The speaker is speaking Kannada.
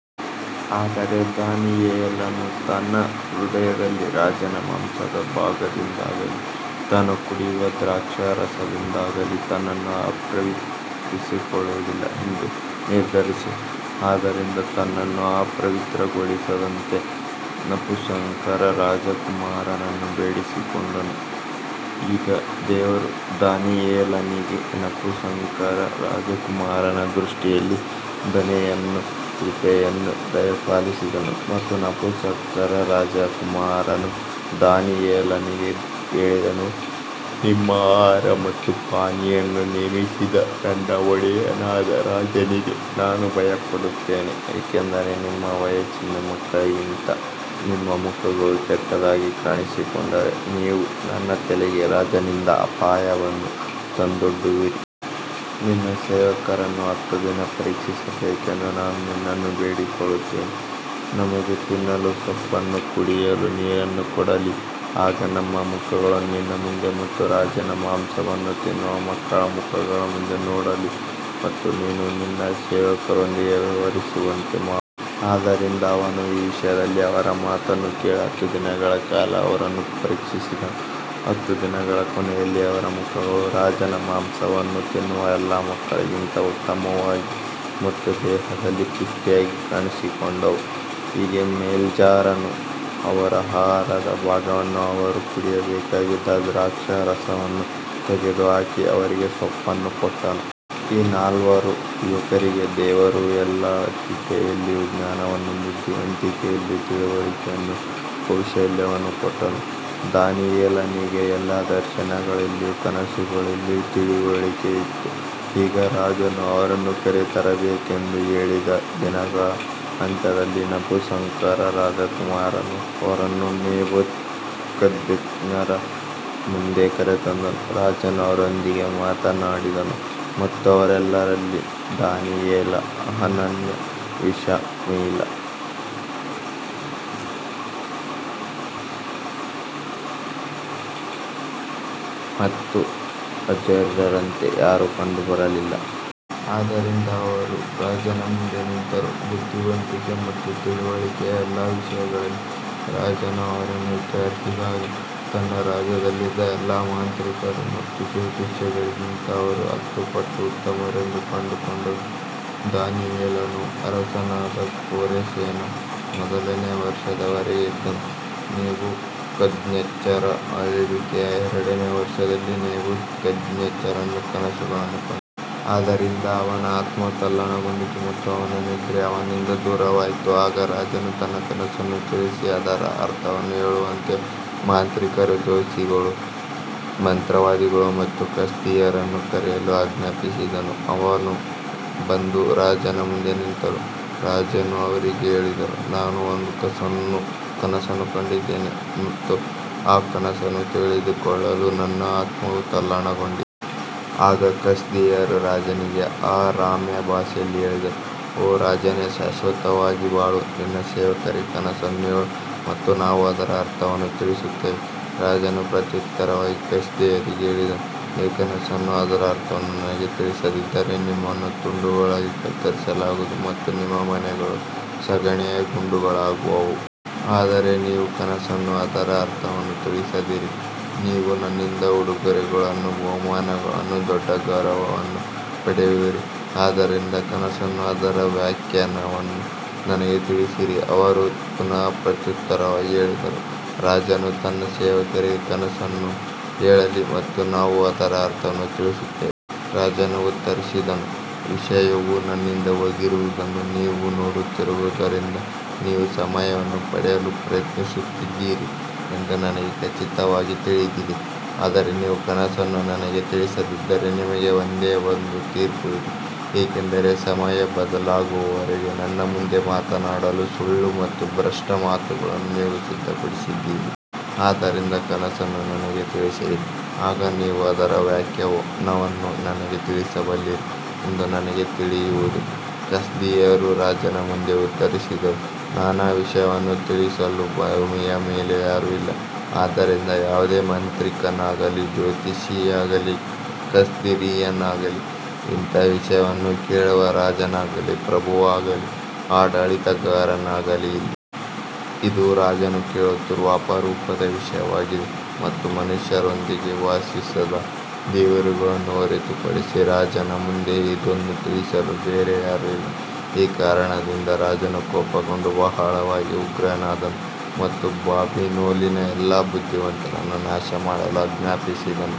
ಆದರೆ ದಾನಿಯೇಲನು ತನ್ನ ಹೃದಯದಲ್ಲಿ ರಾಜನ ಮಾಂಸದ ಭಾಗದಿಂದಾಗಲಿ ತಾನು ಕುಡಿಯುವ ದ್ರಾಕ್ಷಾರಸದಿಂದಾಗಲಿ ತನ್ನನ್ನು ಅಪವಿತ್ರಗೊಳಿಸಿಕೊಳ್ಳುವುದಿಲ್ಲ ಎಂದು ನಿರ್ಧರಿಸಿ, ಆದ್ದರಿಂದ ತನ್ನನ್ನು ಅಪವಿತ್ರಗೊಳಿಸಿಕೊಳ್ಳದಂತೆ ನಪುಂಸಕರ ರಾಜಕುಮಾರನನ್ನು ಬೇಡಿಕೊಂಡನು. ಈಗ ದೇವರು ದಾನಿಯೇಲನಿಗೆ ನಪುಂಸಕರ ರಾಜಕುಮಾರನ ದೃಷ್ಟಿಯಲ್ಲಿ ದಯೆಯನ್ನೂ ಕೃಪೆಯನ್ನೂ ದಯಪಾಲಿಸಿದನು. ಮತ್ತು ನಪುಂಸಕರ ರಾಜಕುಮಾರನು ದಾನಿಯೇಲನಿಗೆ ಹೇಳಿದನು, ನಿಮ್ಮ ಆಹಾರ ಮತ್ತು ಪಾನೀಯವನ್ನು ನೇಮಿಸಿದ ನನ್ನ ಒಡೆಯನಾದ ರಾಜನಿಗೆ ನಾನು ಭಯಪಡುತ್ತೇನೆ, ಏಕೆಂದರೆ ನಿಮ್ಮ ವಯಸ್ಸಿನ ಮಕ್ಕಳಿಗಿಂತ ನಿಮ್ಮ ಮುಖಗಳು ಕೆಟ್ಟದಾಗಿ ಕಾಣಿಸಿಕೊಂಡರೆ, ನೀವು ನನ್ನ ತಲೆಗೆ ರಾಜನಿಂದ ಅಪಾಯವನ್ನು ತಂದೊಡ್ಡುವಿರಿ. ನಿನ್ನ ಸೇವಕರನ್ನು ಹತ್ತು ದಿನ ಪರೀಕ್ಷಿಸಬೇಕೆಂದು ನಾನು ನಿನ್ನನ್ನು ಬೇಡಿಕೊಳ್ಳುತ್ತೇನೆ. ನಮಗೆ ತಿನ್ನಲು ಸೊಪ್ಪನ್ನೂ ಕುಡಿಯಲು ನೀರನ್ನೂ ಕೊಡಲಿ. ಆಗ ನಮ್ಮ ಮುಖಗಳನ್ನು ನಿನ್ನ ಮುಂದೆ ಮತ್ತು ರಾಜನ ಮಾಂಸವನ್ನು ತಿನ್ನುವ ಮಕ್ಕಳ ಮುಖಗಳ ಮುಂದೆ ನೋಡಲಿ ಮತ್ತು ನೀನು ನಿನ್ನ ಸೇವಕರೊಂದಿಗೆ ವ್ಯವಹರಿಸುವಂತೆ ಮಾಡು. ಆದ್ದರಿಂದ ಅವನು ಈ ವಿಷಯದಲ್ಲಿ ಅವರ ಮಾತನ್ನು ಕೇಳಿ ಹತ್ತು ದಿನಗಳ ಕಾಲ ಅವರನ್ನು ಪರೀಕ್ಷಿಸಿದನು. ಹತ್ತು ದಿನಗಳ ಕೊನೆಯಲ್ಲಿ ಅವರ ಮುಖಗಳು ರಾಜನ ಮಾಂಸವನ್ನು ತಿನ್ನುವ ಎಲ್ಲಾ ಮಕ್ಕಳಿಗಿಂತ ಉತ್ತಮವಾಗಿ ಮತ್ತು ದೇಹದಲ್ಲಿ ಪುಷ್ಟಿಯಾಗಿ ಕಾಣಿಸಿಕೊಂಡವು. ಹೀಗೆ ಮೆಲ್ಜಾರನು ಅವರ ಆಹಾರದ ಭಾಗವನ್ನೂ ಅವರು ಕುಡಿಯಬೇಕಾಗಿದ್ದ ದ್ರಾಕ್ಷಾರಸವನ್ನೂ ತೆಗೆದುಹಾಕಿ ಅವರಿಗೆ ಸೊಪ್ಪನ್ನು ಕೊಟ್ಟನು. ಈ ನಾಲ್ವರು ಯುವಕರಿಗೆ ದೇವರು ಎಲ್ಲಾ ವಿದ್ಯೆಯಲ್ಲಿಯೂ ಜ್ಞಾನವನ್ನೂ ಬುದ್ಧಿವಂತಿಕೆಯಲ್ಲಿಯೂ ತಿಳುವಳಿಕೆಯನ್ನೂ ಕೌಶಲ್ಯವನ್ನೂ ಕೊಟ್ಟನು. ದಾನಿಯೇಲನಿಗೆ ಎಲ್ಲಾ ದರ್ಶನಗಳಲ್ಲಿಯೂ ಕನಸುಗಳಲ್ಲಿಯೂ ತಿಳುವಳಿಕೆ ಇತ್ತು. ಈಗ ರಾಜನು ಅವರನ್ನು ಕರೆತರಬೇಕೆಂದು ಹೇಳಿದ ದಿನಗಳ ಅಂತ್ಯದಲ್ಲಿ ನಪುಂಸಕರ ರಾಜಕುಮಾರನು ಅವರನ್ನು ನೆಬೂಕದ್ನೆಚ್ಚರನ ಮುಂದೆ ಕರೆತಂದನು. ರಾಜನು ಅವರೊಂದಿಗೆ ಮಾತನಾಡಿದನು ಮತ್ತು ಅವರೆಲ್ಲರಲ್ಲಿ ದಾನಿಯೇಲ, ಹನನ್ಯ, ಮಿಶಾಯೇಲ ಮತ್ತು ಅಜರ್ಯರಂತೆ ಯಾರೂ ಕಂಡುಬರಲಿಲ್ಲ. ಆದ್ದರಿಂದ ಅವರು ರಾಜನ ಮುಂದೆ ನಿಂತರು. ಬುದ್ಧಿವಂತಿಕೆ ಮತ್ತು ತಿಳುವಳಿಕೆಯ ಎಲ್ಲಾ ವಿಷಯಗಳಲ್ಲಿ ರಾಜನು ಅವರನ್ನು ವಿಚಾರಿಸಿದಾಗ, ತನ್ನ ರಾಜ್ಯದಲ್ಲಿದ್ದ ಎಲ್ಲಾ ಮಾಂತ್ರಿಕರು ಮತ್ತು ಜ್ಯೋತಿಷಿಗಳಿಗಿಂತ ಅವರು ಹತ್ತು ಪಟ್ಟು ಉತ್ತಮರೆಂದು ಕಂಡುಕೊಂಡನು. ದಾನಿಯೇಲನು ಅರಸನಾದ ಕೋರೆಷನ ಮೊದಲನೆಯ ವರ್ಷದವರೆಗೆ ಇದ್ದನು. ನೆಬೂಕದ್ನೆಚ್ಚರನ ಆಳ್ವಿಕೆಯ ಎರಡನೆಯ ವರ್ಷದಲ್ಲಿ ನೆಬೂಕದ್ನೆಚ್ಚರನು ಕನಸುಗಳನ್ನು ಕಂಡನು. ಅದರಿಂದ ಅವನ ಆತ್ಮವು ತಲ್ಲಣಗೊಂಡಿತು ಮತ್ತು ಅವನ ನಿದ್ರೆ ಅವನಿಂದ ದೂರವಾಯಿತು. ಆಗ ರಾಜನು ತನ್ನ ಕನಸನ್ನು ತಿಳಿಸಿ ಅದರ ಅರ್ಥವನ್ನು ಹೇಳುವಂತೆ ಮಾಂತ್ರಿಕರು, ಜ್ಯೋತಿಷಿಗಳು, ಮಂತ್ರವಾದಿಗಳು ಮತ್ತು ಕಸ್ದೀಯರನ್ನು ಕರೆಯಲು ಆಜ್ಞಾಪಿಸಿದನು. ಅವರು ಬಂದು ರಾಜನ ಮುಂದೆ ನಿಂತರು. ರಾಜನು ಅವರಿಗೆ ಹೇಳಿದನು, ನಾನು ಒಂದು ಕನಸನ್ನು ಕಂಡಿದ್ದೇನೆ ಮತ್ತು ಆ ಕನಸನ್ನು ತಿಳಿದುಕೊಳ್ಳಲು ನನ್ನ ಆತ್ಮವು ತಲ್ಲಣಗೊಂಡಿದೆ. ಆಗ ಕಸ್ದೀಯರು ರಾಜನಿಗೆ ಅರಾಮ್ಯ ಭಾಷೆಯಲ್ಲಿ ಹೇಳಿದರು, ಓ ರಾಜನೇ, ಶಾಶ್ವತವಾಗಿ ಬಾಳು. ನಿನ್ನ ಸೇವಕರಿಗೆ ಕನಸನ್ನು ಹೇಳು ಮತ್ತು ನಾವು ಅದರ ಅರ್ಥವನ್ನು ತಿಳಿಸುತ್ತೇವೆ. ರಾಜನು ಪ್ರತ್ಯುತ್ತರವಾಗಿ ಕಸ್ದೀಯರಿಗೆ ಹೇಳಿದನು, ನೀವು ಕನಸನ್ನೂ ಅದರ ಅರ್ಥವನ್ನೂ ನನಗೆ ತಿಳಿಸದಿದ್ದರೆ ನಿಮ್ಮನ್ನು ತುಂಡುಗಳಾಗಿ ಕತ್ತರಿಸಲಾಗುವುದು ಮತ್ತು ನಿಮ್ಮ ಮನೆಗಳು ಸಗಣಿಯ ಗುಡ್ಡೆಗಳಾಗುವವು. ಆದರೆ ನೀವು ಕನಸನ್ನೂ ಅದರ ಅರ್ಥವನ್ನೂ ತಿಳಿಸಿದರೆ ನೀವು ನನ್ನಿಂದ ಉಡುಗೊರೆಗಳನ್ನೂ ಬಹುಮಾನಗಳನ್ನೂ ದೊಡ್ಡ ಗೌರವವನ್ನೂ ಪಡೆಯುವಿರಿ. ಆದ್ದರಿಂದ ಕನಸನ್ನೂ ಅದರ ವ್ಯಾಖ್ಯಾನವನ್ನೂ ನನಗೆ ತಿಳಿಸಿರಿ. ಅವರು ಪುನಃ ಪ್ರತ್ಯುತ್ತರವಾಗಿ ಹೇಳಿದರು, ರಾಜನು ತನ್ನ ಸೇವಕರಿಗೆ ಕನಸನ್ನು ಹೇಳಲಿ ಮತ್ತು ನಾವು ಅದರ ಅರ್ಥವನ್ನು ತಿಳಿಸುತ್ತೇವೆ. ರಾಜನು ಉತ್ತರಿಸಿದನು, ವಿಷಯವು ನನ್ನಿಂದ ಹೋಗಿರುವುದನ್ನು ನೀವು ನೋಡುತ್ತಿರುವುದರಿಂದ ನೀವು ಸಮಯವನ್ನು ಪಡೆಯಲು ಪ್ರಯತ್ನಿಸುತ್ತಿದ್ದೀರಿ ಎಂದು ನನಗೆ ಖಚಿತವಾಗಿ ತಿಳಿದಿದೆ. ಆದರೆ ನೀವು ಕನಸನ್ನು ನನಗೆ ತಿಳಿಸದಿದ್ದರೆ ನಿಮಗೆ ಒಂದೇ ಒಂದು ತೀರ್ಪು ಇದೆ. ಏಕೆಂದರೆ ಸಮಯ ಬದಲಾಗುವವರೆಗೆ ನನ್ನ ಮುಂದೆ ಮಾತನಾಡಲು ಸುಳ್ಳು ಮತ್ತು ಭ್ರಷ್ಟ ಮಾತುಗಳನ್ನು ನೀವು ಸಿದ್ಧಪಡಿಸಿದ್ದೀರಿ. ಆದ್ದರಿಂದ ಕನಸನ್ನು ನನಗೆ ತಿಳಿಸಿರಿ. ಆಗ ನೀವು ಅದರ ವ್ಯಾಖ್ಯಾನವನ್ನೂ ನನಗೆ ತಿಳಿಸಬಲ್ಲಿರಿ ಎಂದು ನನಗೆ ತಿಳಿಯುವುದು. ಕಸ್ದೀಯರು ರಾಜನ ಮುಂದೆ ಉತ್ತರಿಸಿದರು, ರಾಜನ ವಿಷಯವನ್ನು ತಿಳಿಸಲು ಭೂಮಿಯ ಮೇಲೆ ಯಾರೂ ಇಲ್ಲ. ಆದ್ದರಿಂದ ಯಾವುದೇ ಮಾಂತ್ರಿಕನಾಗಲಿ, ಜ್ಯೋತಿಷಿಯಾಗಲಿ, ಕಸ್ದೀಯನಾಗಲಿ ಇಂತಹ ವಿಷಯವನ್ನು ಕೇಳುವ ರಾಜನಾಗಲಿ, ಪ್ರಭುವಾಗಲಿ, ಆಡಳಿತಗಾರನಾಗಲಿ ಇಲ್ಲ. ಇದು ರಾಜನು ಕೇಳುತ್ತಿರುವ ಅಪರೂಪದ ವಿಷಯವಾಗಿದೆ ಮತ್ತು ಮನುಷ್ಯರೊಂದಿಗೆ ವಾಸಿಸದ ದೇವರುಗಳನ್ನು ಹೊರತುಪಡಿಸಿ ರಾಜನ ಮುಂದೆ ಇದನ್ನು ತಿಳಿಸಲು ಬೇರೆ ಯಾರೂ ಇಲ್ಲ. ಈ ಕಾರಣದಿಂದ ರಾಜನು ಕೋಪಗೊಂಡು ಬಹಳವಾಗಿ ಉಗ್ರನಾದನು ಮತ್ತು ಬಾಬಿಲೋನಿನ ಎಲ್ಲಾ ಬುದ್ಧಿವಂತರನ್ನು ನಾಶಮಾಡಲು ಆಜ್ಞಾಪಿಸಿದನು.